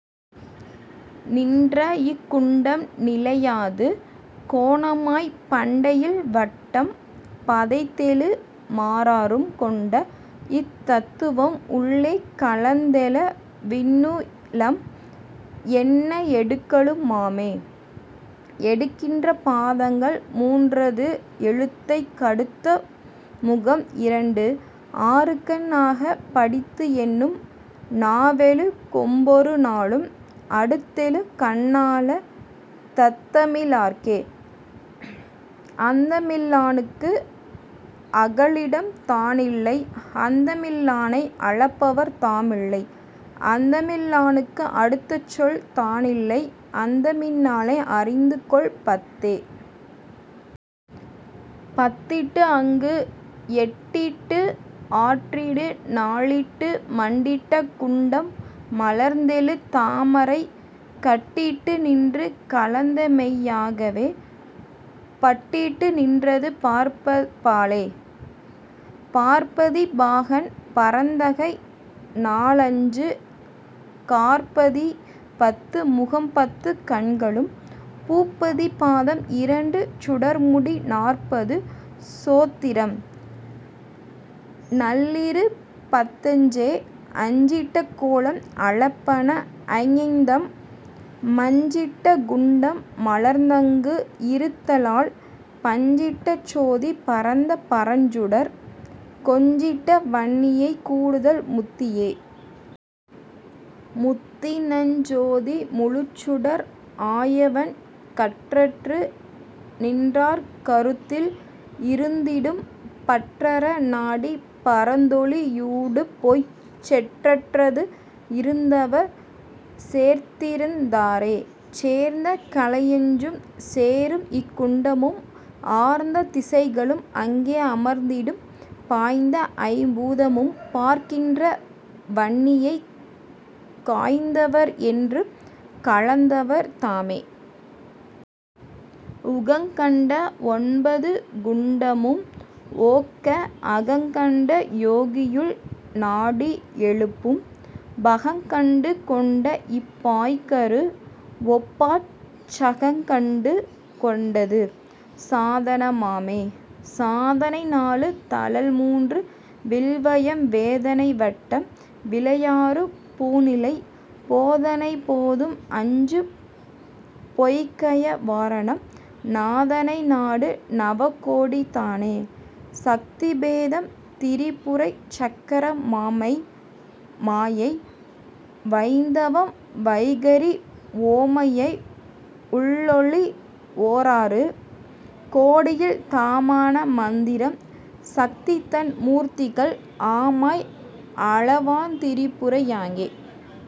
நின்றஇக் குண்டம் நிலையாது கோணமாய்ப் பண்டையில் வட்டம் பதைத்தெழு மாறாறும் கொண்டஇத் தத்துவம் உள்ளே கலந்தெழ விண்ணுளம் என்ன எடுக்கலு மாமே. எடுக்கின்ற பாதங்கள் மூன்றது எழுத்தைக் கடுத்த முகம்இரண்டு ஆறுகண் ஆகப் படித்துஎண்ணும் நாவெழு கொம்பொரு நாலும் அடுத்தெழு கண்ணான தத்தமி லாற்கே. அந்தமில் லானுக்கு அகலிடம் தானில்லை அந்தமில் லானை அளப்பவர் தாமில்லை அந்தமில் லானுக்கு அடுத்தசொல் தானில்லை அந்தமில் லானை அறிந்துகொள் பத்தே. பத்திட்டுஅங்கு எட்டிட்டு ஆற்றிட்டு நாலிட்டு மட்டிட்ட குண்டம் மலர்ந்தெழு தாமரை கட்டிட்டு நின்று கலந்தமெய் யாகவும் பட்டிட்டு நின்றது பார்ப்பதி பாலே. பார்ப்பதி பாகன் பரந்தகை நால்ஐஞ்சு காற்பதி பத்து முகம்பத்துக் கண்களும் பூப்பதி பாதம் இரண்டு சுடர்முடி நாற்பது சோத்திரம் நல்லிரு பத்தஞ்சே. அஞ்சிட்ட கோலம் அளப்பன ஐஐந்தம் மஞ்சிட்ட குண்டம் மலர்ந்தங்கு இருத்தலால் பஞ்சிட்ட சோதி பரந்த பரஞ்சுடர் கொஞ்சிட்ட வன்னியைக் கூடுதல் முத்தியே. முத்திநற் சோதி முழுச்சுடர் ஆயவன் கற்றற்று நின்றார் கருத்துள் இருந்திடும் பற்றற நாடிப் பரந்தொளி யூடு போய்ச் செற்றற்து இருந்தவர் சேர்ந்திருந் தாரே. சேர்ந்த கலையஞ்சும் சேரும்இக் குண்டமும் ஆர்ந்த திசைகளும் அங்கே அமர்ந்திடும் பாய்ந்தஐம் பூதமும் பார்க்கின்ற வன்னியைக் காய்ந்தவர் என்றும் கலந்தவர் தாமே. உகங்கண்ட ஒன்பது குண்டமும் ஒக்க அகங்கண்ட யோகியுள் நாடி எழுப்பும் பகங்கண்டு கொண்டஇப் பாய்கரு வொப்பச் சகங்கண்டு கொண்டது சாதன மாமே. சாதனை நாலு தழல்மூன்று வில்வயம் வேதனை வட்டம் விளையாறு பூநிலை போதனை போதுஐஞ்சு பொய்கய வாரணம் நாதனை நாடு நவகோடி தானே.. சத்தி பேதம் திரிபுரை சக்கரம் மாமாயை மாயை வயிந்தவம் வைகரி ஓமாயை உள்ளொளி ஓராறு கோடியில் தாமான மந்திரம் சத்திதன் மூர்த்திகள் ஆமாய் அலவாந் திரிபுரை யாங்கே.